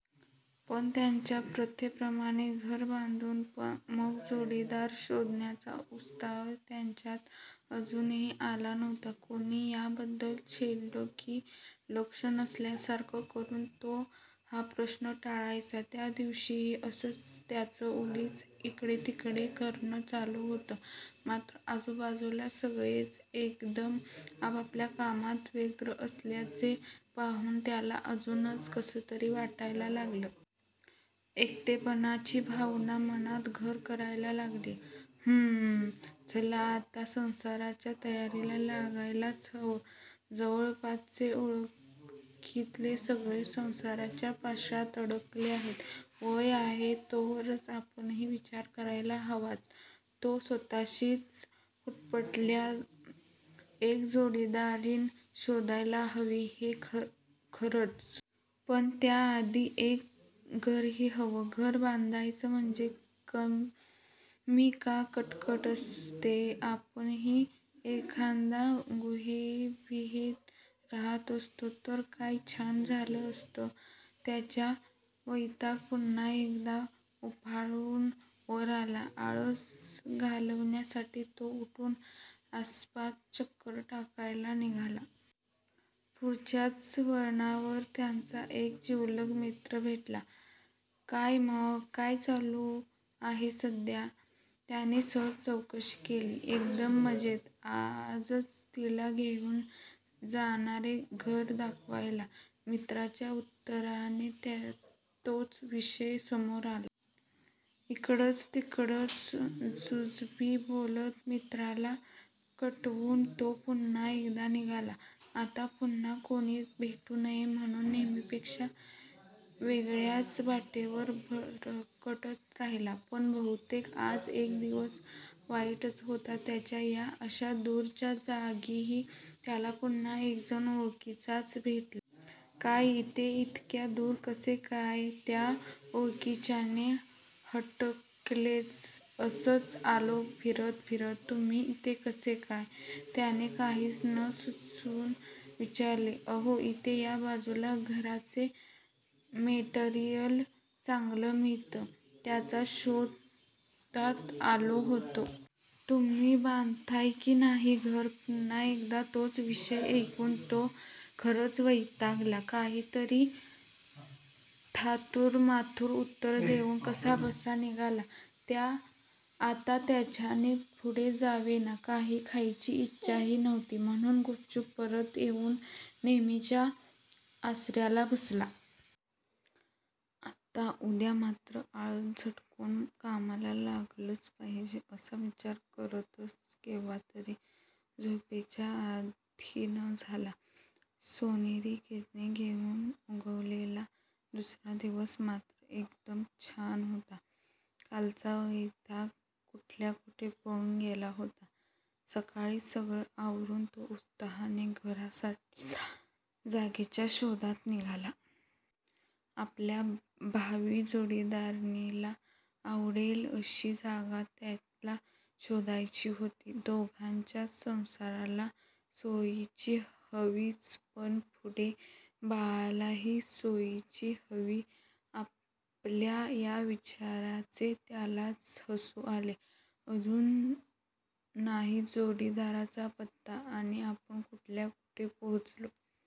पण त्यांच्या प्रथेप्रमाणे घरं बांधून मग जोडीदार शोधण्याचा उत्साह त्याच्यात अजूनही आला नव्हता. कुणी याबद्दल छेडलं कि लक्ष नसल्यासारखं करून तो हा प्रश्नच टाळायचा. त्यादिवशीही असंच त्याचं उगीच इकडेतिकडे करणं चालू होतं. मात्र आजूबाजूला सगळेच एकदम आपापल्या कामात व्यग्र असल्याचे पाहून त्याला अजूनच कसंतरी वाटायला लागलं. एकटेपणाची भावना मनात घर करायला लागली. "हम्म, चला आता संसाराच्या तयारीला लागायलाच हवं. जवळपासचे ओळखीतले सगळेच संसाराच्या पाशात अडकत आहेत. वय आहे तोवर आपणही विचार करायला हवाच. " तो स्वत:शीच पुटपुटला. "एक जोडीदारीण शोधायला हवी हे खरंच. पण त्या आधी एक घरही हवं. घर बांधायचं म्हणजे कमी का कटकट असते? आपणही एखाद्या गुहेबिहेत रहात असतो तर काय छान झालं असतं. " त्याचा वैताग पुन्हा एकदा उफाळून वर आला. आळस घालवण्यासाठी तो उठून आसपास चक्कर टाकायला निघाला. पुढच्याच वळणावर त्याचा एक जिवलग मित्र भेटला. "काय मग? काय चालू आहे सध्या? " त्याने सहज चौकशी केली. "एकदम मजेत. आजच तीला घेऊन जाणारे घर दाखवायला! " मित्राच्या उत्तराने तोच विषय समोर आला. इकडचं तिकडचं जुजबी बोलत मित्राला कटवून तो पुन्हा एकदा निघाला. आता पुन्हा कोणी भेटू नये म्हणून नेहेमीपेक्षा वेगळ्याच वाटेवर भरकटत राहिला. पण बहुतेक आज दिवस वाईटच होता त्याचा. या अशा दूरच्या जागीही त्याला पुन्हा एक जण ओळखीचा भेटला. "काय इथे इतक्या दूर कसे काय? " त्या ओळखीच्याने हटकलेच. "असंच, आलो फिरत फिरत. तुम्ही इथे कसे काय? " त्याने काहीच नं सुचून विचारले. "अहो इथे या बाजूला घराचे मटेरियल चांगलं मिळतं. त्याच्याच शोधात आलो होतो. तुम्ही बांधताय कि नाही घर? " पुन्हा एकदा तोच विषय ऐकून तो खरच वैतागला. काहीतरी थातूरमातूर उत्तर देऊन कसाबसा निघाला. आता त्याच्याने पुढे जाववेना. काही खायची इच्छाही नव्हती म्हणून गुपचूप परत येऊन नेहेमीच्या आसऱ्याला बसला. 'आता उद्या मात्र आळस झटकून कामाला लागलंच पाहिजे' असा विचार करतच केव्हातरी झोपेच्या आधीन झाला. सोनेरी किरणे घेऊन उगवलेला दुसरा दिवस मात्र एकदम छान होता. कालचा वैताग कुठल्या कुठे पळून गेला होता. सकाळीच सगळं आवरून तो उत्साहाने घरासाठीच्या जागेच्या शोधात निघाला. आपल्या भावी जोडीदारिणीला आवडेल अशी जागा त्याला शोधायची होती. 'दोघांच्या संसाराला सोयीची हवीच पण पुढे बाळालाही सोयीची हवी. ' आपल्या या विचाराचे त्यालाच हसु आले. 'अजून नाही जोडीदाराचा पत्ता आणि आपण कुठल्या कुठे पोचलो.